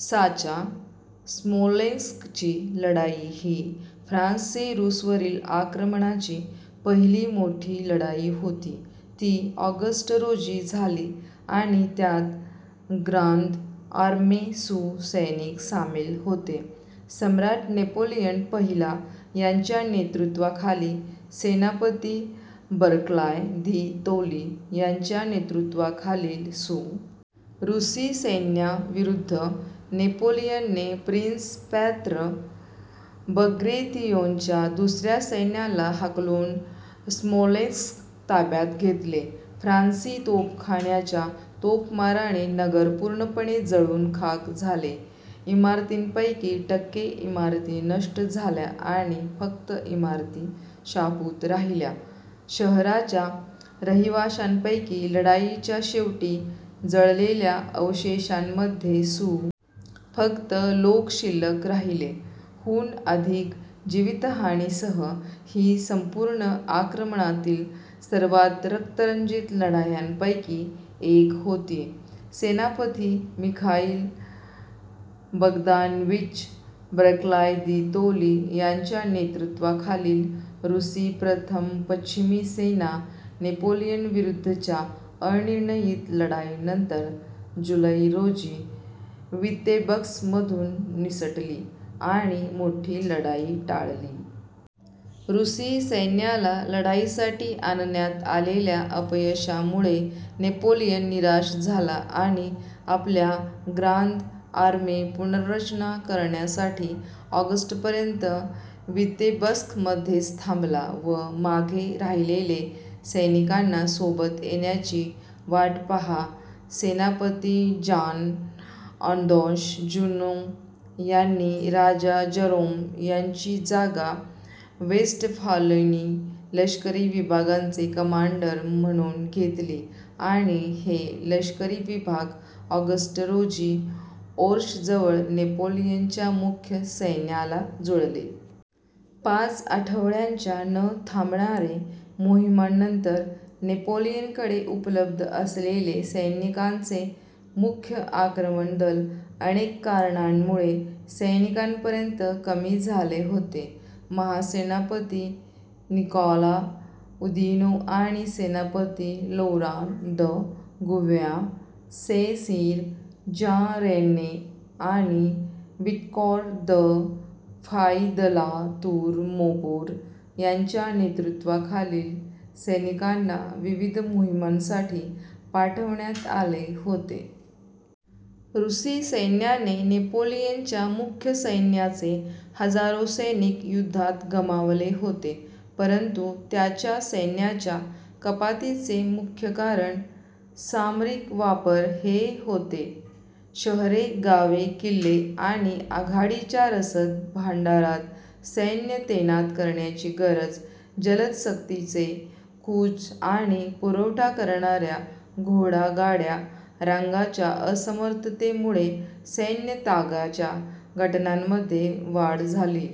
साचा: स्मोलेन्स्कची लढाई ही फ्रान्सचे रूसवरील आक्रमणाची पहिली मोठी लढाई होती. ती - ऑगस्ट रोजी झाली आणि त्यात ग्रांद आर्मे सु. सैनिक सामील होते. सम्राट नेपोलियन पहिला यांच्या नेतृत्वाखाली सेनापती बर्क्लाय दि तोली यांच्या नेतृत्वाखालील सु. रूसी सैन्याविरुद्ध. नेपोलियनने प्रिन्स प्यत्र बग्रतियोनच्या दुसऱ्या सैन्याला हाकलून स्मोलेन्स्क ताब्यात घेतले. फ्रान्सी तोफखान्याच्या तोफमाराने नगर पूर्णपणे जळून खाक झाले. इमारतींपैकी टक्के इमारती नष्ट झाल्या आणि फक्त इमारती शाबूत राहिल्या. शहराच्या रहिवाशांपैकी, लढाईच्या शेवटी जळलेल्या अवशेषांमध्ये सु. फक्त लोक शिल्लक राहिले., हून अधिक जीवितहानीसह, ही संपूर्ण आक्रमणातील सर्वात रक्तरंजित लढायांपैकी एक होती. सेनापती मिखाईल बगदानव्यिच बर्क्लाय दि तोली यांच्या नेतृत्वाखालील रूसी प्रथम पश्चिमी सेना, नेपोलियनविरुद्धच्या अनिर्णित लढाईनंतर जुलै रोजी वितेब्स्कमधून निसटली आणि मोठी लढाई टाळली. रूसी सैन्याला लढाईसाठी आणण्यात आलेल्या अपयशामुळे नेपोलियन निराश झाला आणि आपल्या ग्रांद आर्मे पुनर्रचना करण्यासाठी ऑगस्टपर्यंत वितेब्स्कमध्येच थांबला व मागे राहिलेले सैनिकांना सोबत येण्याची वाट पहा. सेनापती जांन-आंदॉश जुनो यांनी राजा जरोम यांची जागा वेस्टफालेनी लष्करी विभागांचे कमांडर म्हणून घेतली आणि हे लष्करी विभाग ऑगस्ट रोजी ओर्षजवळ नेपोलियनच्या मुख्य सैन्याला जुळले. पाच आठवड्यांच्या न-थांबणारे मोहिमांनंतर, नेपोलियनकडे उपलब्ध असलेले सैनिकांचे मुख्य आक्रमण दल अनेक कारणांमुळे सैनिकांपर्यंत कमी झाले होते. महासेनापती निकॉला उदिनो आणि सेनापती लोरां द गुव्याँ सें-सीर, जां रेन्ये आणि Victor de Fay de La Tour Maubourg यांच्या नेतृत्वाखालील सैनिकांना विविध मोहिमांसाठी पाठवण्यात आले होते. रूसी सैन्याने नेपोलियनच्या मुख्य सैन्याचे हजारो सैनिक युद्धात गमावले होते, परंतु त्याच्या सैन्याच्या कपातीचे मुख्य कारण सामरिक वापर हे होते शहरे, गावे, किल्ले आणि आघाडीच्या रसद भांडारात सैन्य तैनात करण्याची गरज. जलद सक्तीचे कूच आणि पुरवठा करणाऱ्या घोडागाड्या रांगांच्या असमर्थतेमुळे सैन्यत्यागाच्या घटनांमध्ये वाढ झाली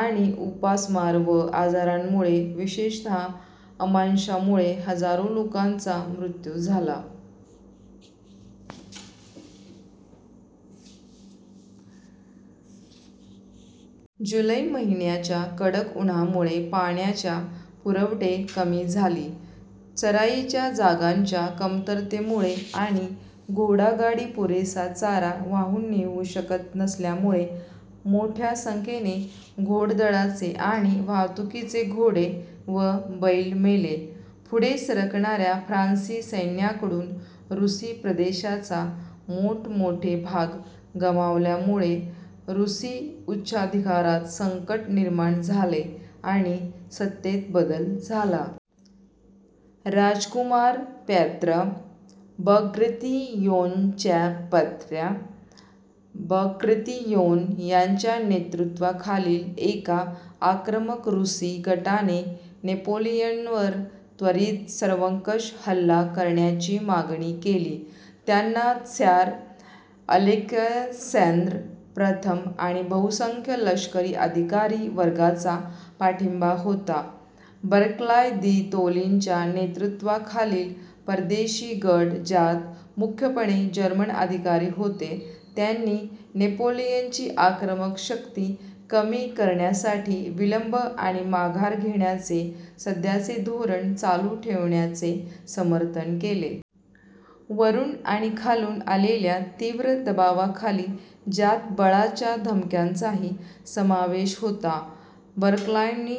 आणि उपासमार व आजारांमुळे, विशेषतः आमांशामुळे, हजारो लोकांचा मृत्यू झाला. जुलै महिन्याच्या कडक उन्हामुळे पाण्याच्या पुरवठे कमी झाली. चराईच्या जागांच्या कमतरतेमुळे आणि घोडागाडी पुरेसा चारा वाहून नेऊ शकत नसल्यामुळे मोठ्या संख्येने घोडदळाचे आणि वाहतुकीचे घोडे व बैल मेले. पुढे सरकणाऱ्या फ्रांसी सैन्याकडून रूसी प्रदेशाचा मोठमोठे भाग गमावल्यामुळे रूसी उच्चाधिकारात संकट निर्माण झाले आणि सत्तेत बदल झाला. राजकुमार प्यत्र बग्रतियोनच्याप्यत्र बग्रतियोन यांच्या नेतृत्वाखालील एका आक्रमक "रूसी" गटाने नेपोलियनवर त्वरित, सर्वंकष हल्ला करण्याची मागणी केली. त्यांना त्सार अलेक्सांद्र प्रथम आणि बहुसंख्य लष्करी अधिकारी वर्गाचा पाठिंबा होता. बर्क्लाय दि तोलींच्या नेतृत्वाखालील "परदेशी" गट, ज्यात मुख्यपणे जर्मन अधिकारी होते, त्यांनी नेपोलियनची आक्रमक शक्ती कमी करण्यासाठी विलंब आणि माघार घेण्याचे सध्याचे धोरण चालू ठेवण्याचे समर्थन केले. वरून आणि खालून आलेल्या तीव्र दबावाखाली, ज्यात बळाच्या धमक्यांचाही समावेश होता, बर्क्लायनी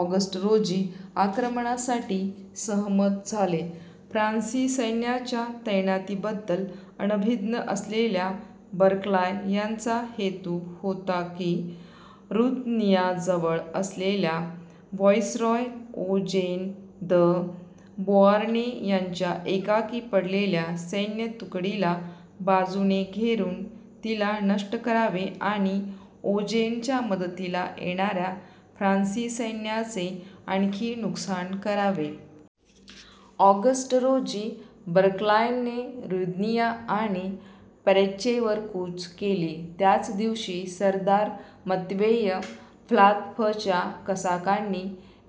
ऑगस्ट रोजी आक्रमणासाठी सहमत झाले. फ्रान्सी सैन्याच्या तैनातीबद्दल अनभिज्ञ असलेल्या बर्क्लाय यांचा हेतू होता की, रुद्नियाजवळ असलेल्या व्हाइसरॉय ओजेन द बोआर्ने यांच्या एकाकी पडलेल्या सैन्य तुकडीला बाजूने घेरून, तिला नष्ट करावे आणि ओजेनच्या मदतीला येणाऱ्या फ्रांसी सैन्याचे आणखी नुकसान करावे. ऑगस्ट रोजी बर्क्लायने रुद्निया आणि परेच्येवर कूच केली. त्याच दिवशी, सरदार मत्वेय प्लातफच्या कसाकांनी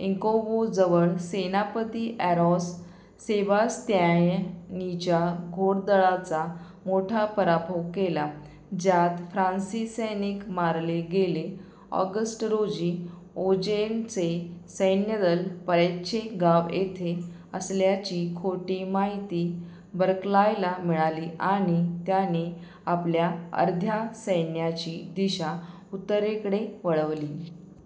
इंकोवो जवळ सेनापती ऑरास सेबास्त्यानीच्या घोडदळाचा मोठा पराभव केला, ज्यात फ्रांसी सैनिक मारले गेले. ऑगस्ट रोजी, ओजेनचे सैन्यदल परच्ये गाव येथे असल्याची खोटी माहिती बर्क्लायला मिळाली आणि त्याने आपल्या अर्ध्या सैन्याची दिशा उत्तरेकडे वळवली.